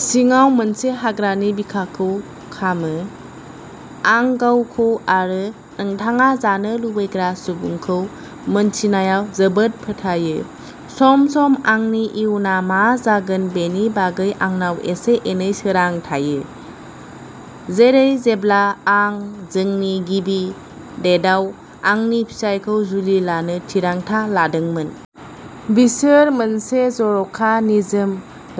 सिङाव मोनसे हाग्रानि बिखाखौ खामो। आं गावखौ आरो नोंथाङा जानो लुबैग्रा सुबुंखौ मिथिनायाव जोबोद फोथायो। सम-सम आंनि इयुनआ मा जागोन बेनि बागै आंनाव एसे-एनै सोरां थायो। जेरै जेब्ला आं जोंनि गिबि डेटआव आंनि फिसायखौ जुलि लानो थिरांथा लादोंमोन। बिसोर मोनसे जर'खा निजोम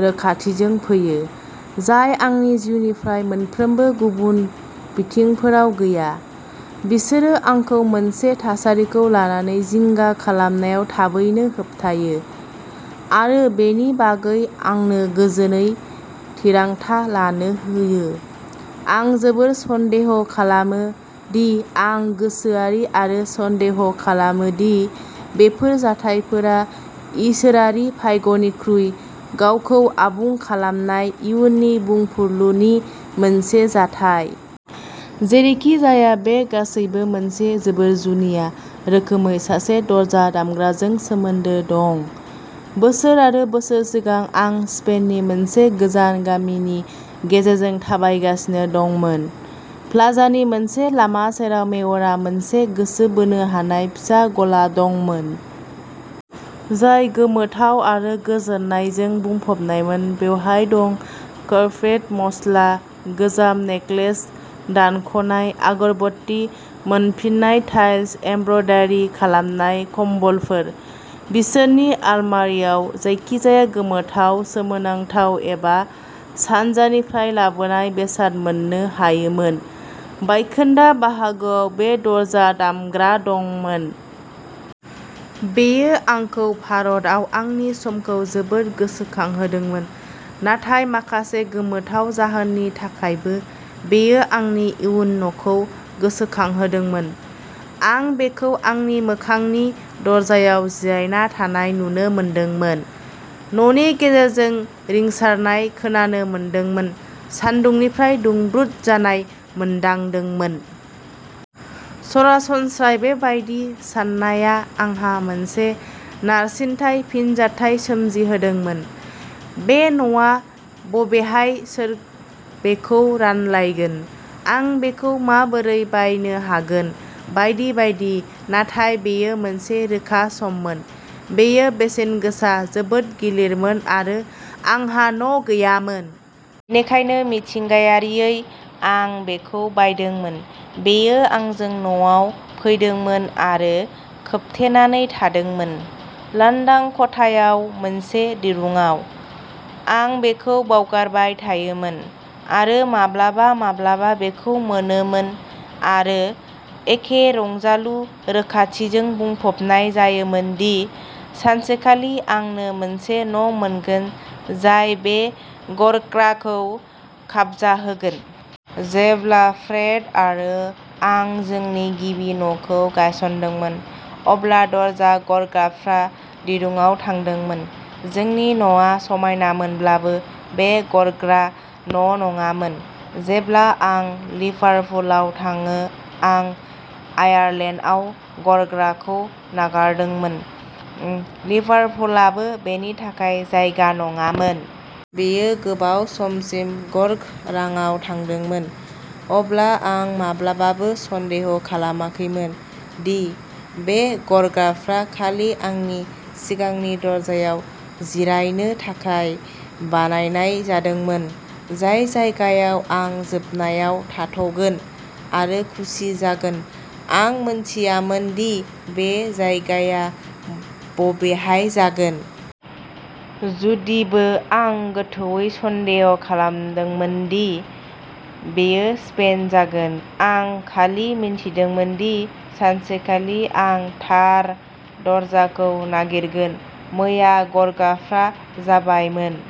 रोखाथिजों फैयो जाय आंनि जिउनि मोनफ्रोमबो गुबुन बिथिंफोराव गैया। बिसोरो आंखौ मोनसे थासारिखौ लानानै जिंगा खालामनायाव थाबैनो होबथायो। आरो बेनि बागै आंनो गोजोनै थिरांथा लानो होयो। आं जोबोद सन्देह खालामो दि आं गोसोआरि आरो सन्देह खालामो दि बेफोर जाथायफोरा इसोरारि भाग्यनिख्रुइ गावखौ आबुं खालामनाय इयुन बुंफुरलुनि मोनसे जाथाय। जेरैखिजाया बे गासैबो मोनसे जोबोद जुनिया रोखोमै सासे दरजा दामग्राजों सोमोन्दो दं। बोसोर आरो बोसोर सिगां आं स्पेननि मोनसे गोजान गामि गेजेरजों थाबायगासिनो दंमोन। प्लाजानि मोनसे लामा सेराव मेयरआ मोनसे गोसो बोनो हानाय फिसा गला दंमोन। जाय गोमोथाव आरो गोजोननायजों बुंफबनायमोन। बेहाय दंमोन। कार्पेट, मस्ला, गोजाम नेकलेस, दानख'नाय अगरबत्ती, मोनफिननाय टाइल्स, एमब्रयदारि खालामनाय कम्बलफोर। बिसोरनि अलमारियाव जायखिजाया गोमोथाव, सोमोनांथाव एबा सानजानिफ्राय लाबोनाय बेसाद मोननो हायोमोन। बायखोन्दा बाहागोआव बे दरजा दामग्रा दंमोन। बेयो आंखौ भारतआव आंनि समखौ जोबोद गोसोखांहोदोंमोन नाथाय माखासे गोमोथाव जाहोननि थाखायबो बेयो आंनि इयुन न'खौ गोसोखांहोदोंमोन। आं बेखौ आंनि मोखांनि दरजायाव जिरायना थानाय नुनो मोनदोंमोन। न'नि गेजेरजों रिंसारनाय खोनानो मोनदोंमोन। सान्दुंनिफ्राय दुंब्रुद जानाय मोनदांदोंमोन। सरासनस्रायै बेबादि साननाया आंहा मोनसे नारसिनथाय फिनजाथाय सोमजिहोदोंमोन। बे न'आ बबेहाय सोर बेखौ रानलायगोन। आं बेखौ माबोरै बायनो हागोन बायदि बायदि नाथाय बेयो मोनसे रोखा सममोन। बेयो बेसेन गोसा जोबोद गिलिरमोन आरो आंहा न' गैयामोन। बेनिखायनो मिथिंगायारियै आं बेखौ बायदोंमोन। बेयो आंजों न'आव फैदोंमोन आरो खोबथेनानै थादोंमोन। लांदां खथायाव मोनसे दिरुंआव। आं बेखौ बावगारबाय थायोमोन आरो माब्लाबा माब्लाबा बेखौ मोनोमोन आरो एखे रंजालु रोखाथिजों बुंफबनाय जायोमोनदि सानसेखालि आंनो मोनसे न' मोनगोन जाय बे गरख'ग्राखौ खाबजाहोगोन। जेब्ला फ्रेड आरो आं जोंनि गिबि न'खौ गायसनदोंमोन, अब्ला दरजा गरग्राफ्रा दिरुंआव थादोंमोन। जोंनि न'आ समायनामोनब्लाबो बेयो गरग्रा न' नङामोन। जेब्ला आं लिभारपुलआव थाङो आं आयारलेन्डआव गरग्राखौ नागारदोंमोन। लिभारपुलाबो बेनि थाखाय जायगा नङामोन। बेयो गोबाव समसिम गरख'राङाव थादोंमोन। अब्लाबो आं माब्लाबाबो सन्देह खालामाखैमोन दि बे गरख'ग्राफ्रा खालि आंनि सिगांनि दरजायाव जिरायनो थाखाय बानायनाय जादोंमोन। जाय जायगायाव आं जोबनायाव थाथ'गोन आरो खुसि जागोन। आं मिथियामोन दि बे जायगाया बबेहाय जागोन। जुदिबो आं गोथौवै सन्देह खालामदोंमोन दि बेयो स्पेन जागोन। आं खालि मिथिदोंमोन दि सानसेखालि आं थार दरजाखौ नागिरगोन। मैया गरख'ग्राफ्रा जाबायमोन।